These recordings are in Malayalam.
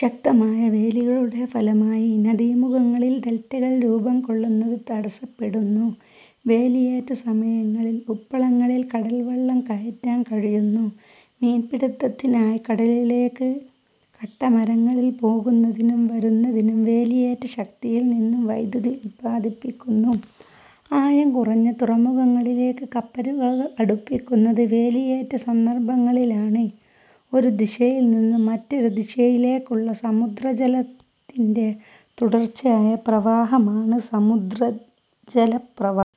ശക്തമായ വേലികളുടെ ഫലമായി നദീമുഖങ്ങളിൽ ഡെൽറ്റകൾ രൂപം കൊള്ളുന്നത് തടസ്സപ്പെടുന്നു. വേലിയേറ്റസമയങ്ങളിൽ ഉപ്പളങ്ങളിൽ കടൽവെള്ളം കയറ്റാൻ കഴിയുന്നു. മീൻപിടിത്തത്തിനായി കടലിലേക്ക് കട്ടമരങ്ങളിൽ പോകുന്നതിനും വരുന്നതിനും. വേലിയേറ്റശക്തിയിൽനിന്നു വൈദ്യുതി ഉൽപ്പാദിപ്പിക്കുന്നു. ആഴം കുറഞ്ഞ തുറമുഖങ്ങളിലേക്ക് കപ്പലുകൾ അടുപ്പിക്കുന്നത് വേലിയേറ്റ സന്ദർഭങ്ങളിലാണ്. ഒരു ദിശയിൽനിന്ന് മറ്റൊരു ദിശയിലേക്കുള്ള സമുദ്രജലത്തിന്റെ തുടർച്ചയായ പ്രവാഹമാണ് സമുദ്രജലപ്രവാഹം.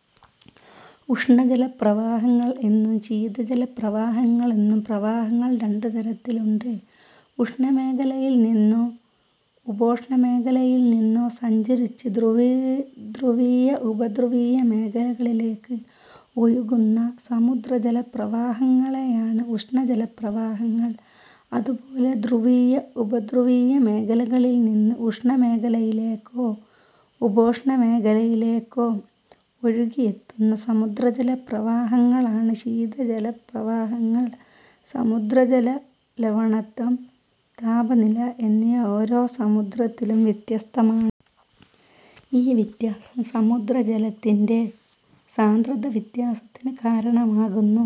ഉഷ്ണജല പ്രവാഹങ്ങൾ എന്നും ശീതജലപ്രവാഹങ്ങൾ എന്നും പ്രവാഹങ്ങൾ രണ്ടുതരത്തിലുണ്ട്. ഉഷ്ണ മേഖലയിൽനിന്നോ ഉപോഷ്ണമേഖലയിൽനിന്നോ സഞ്ചരിച്ച്ദ്രുവി ധ്രുവീയ-ഉപധ്രുവീയ മേഖലകളിലേക്ക് ഒഴുകുന്ന സമുദ്രജല പ്രവാഹങ്ങളെയാണ് ഉഷ്ണ ജലപ്രവാഹങ്ങൾ. അതുപോലെ ധ്രുവീയ ഉപധ്രുവീയ മേഖലകളിൽനിന്ന് ഉഷ്ണമേഖലയിലേക്കോ ഉപോഷ്ണമേഖലയിലേക്കോ ഒഴുകിയെത്തുന്ന സമുദ്രജലപ്രവാഹങ്ങളാണ് ശീതജലപ്രവാഹങ്ങൾ. സമുദ്രജല ലവണത്വം, താപനില എന്നിവ ഓരോ സമുദ്രത്തിലും വ്യത്യസ്തമാണ്. ഈ വ്യത്യാസം സമുദ്രജലത്തിന്റെ സാന്ദ്രതാവ്യത്യാസത്തിന് കാരണമാകുന്നു.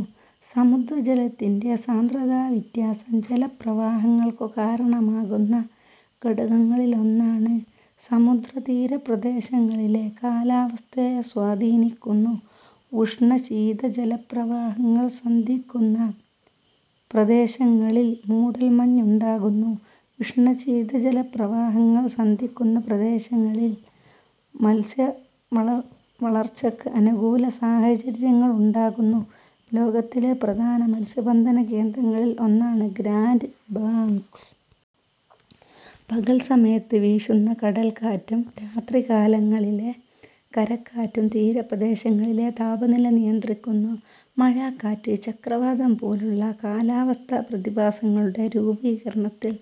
സമുദ്രജലത്തിന്റെ സാന്ദ്രതാവ്യത്യാസം ജലപ്രവാഹങ്ങൾക്കു കാരണമാകുന്ന ഘടകങ്ങളിലൊന്നാണ്. സമുദ്രതീരപ്രദേശങ്ങളിലെ കാലാവസ്ഥയെ സ്വാധീനിക്കുന്നു. ഉഷ്ണ-ശീതജലപ്രവാഹങ്ങൾ സന്ധിക്കുന്ന പ്രദേശങ്ങളിൽ മൂടൽമഞ്ഞ് ഉണ്ടാകുന്നു. ഉഷ്ണ-ശീതജലപ്രവാഹങ്ങൾ സന്ധിക്കുന്ന പ്രദേശങ്ങളിൽ മത്സ്യങ്ങളുടെ വളർച്ചയ്ക്ക് അനുകൂലമായ സാഹചര്യങ്ങൾ ഉണ്ടാകുന്നു. ലോകത്തിലെ പ്രധാന മത്സ്യബന്ധന കേന്ദ്രങ്ങളിൽ ഒന്നാണ് ഗ്രാന്റ് ബാങ്ക്സ്. പകൽസമയത്ത് വീശുന്ന കടൽക്കാറ്റും രാത്രികാലങ്ങളിലെ കരക്കാറ്റും തീരപ്രദേശങ്ങളിലെ താപനില നിയന്ത്രിക്കുന്നു. മഴ, കാറ്റ്, ചക്രവാതം പോലുള്ള കാലാവസ്ഥാ പ്രതിഭാസങ്ങളുടെ രൂപീകരണത്തിൽ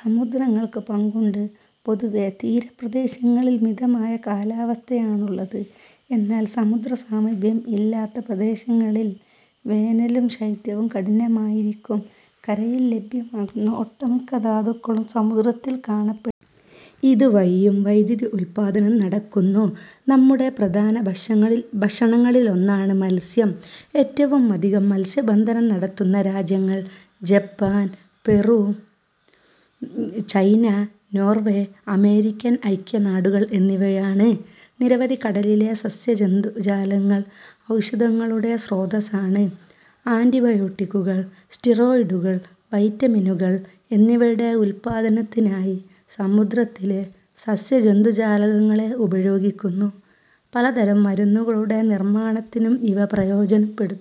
സമുദ്രങ്ങൾക്ക് പങ്കുണ്ട്. പൊതുവെ തീരപ്രദേശങ്ങളിൽ മിതമായ കാലാവസ്ഥയാണുള്ളത്. എന്നാൽ സമുദ്രസാമീപ്യം ഇല്ലാത്ത പ്രദേശങ്ങളിൽ വേനലും ശൈത്യവും കഠിനമായിരിക്കും. കരയിൽ ലഭ്യമാകുന്ന ഒട്ടുമിക്ക ധാതുക്കളും സമുദ്രത്തിൽ കാണപ്പെ ഇതുവഴിയും വൈദ്യുതി ഉൽപ്പാദനം നടക്കുന്നു. നമ്മുടെ പ്രധാന ഭക്ഷണങ്ങളിലൊന്നാണ് മത്സ്യം. ഏറ്റവുമധികം മത്സ്യബന്ധനം നടത്തുന്ന രാജ്യങ്ങൾ Japan, Peru, China, Norway, American ഐക്യനാടുകൾ എന്നിവയാണ്. നിരവധി കടലിലെ സസ്യ-ജന്തുജാലങ്ങൾ ഔഷധങ്ങളുടെ സ്രോതസ്സാണ്. ആന്റിബയോട്ടിക്കുകൾ, സ്റ്റിറോയ്ഡുകൾ, വൈറ്റമിനുകൾ എന്നിവയുടെ ഉൽപ്പാദനത്തിനായി സമുദ്രത്തിലെ സസ്യ-ജന്തുജാലങ്ങളെ ഉപയോഗിക്കുന്നു. പലതരം മരുന്നുകളുടെ നിർമാണത്തിനും ഇവ പ്രയോജനപ്പെടുത്തുന്നു.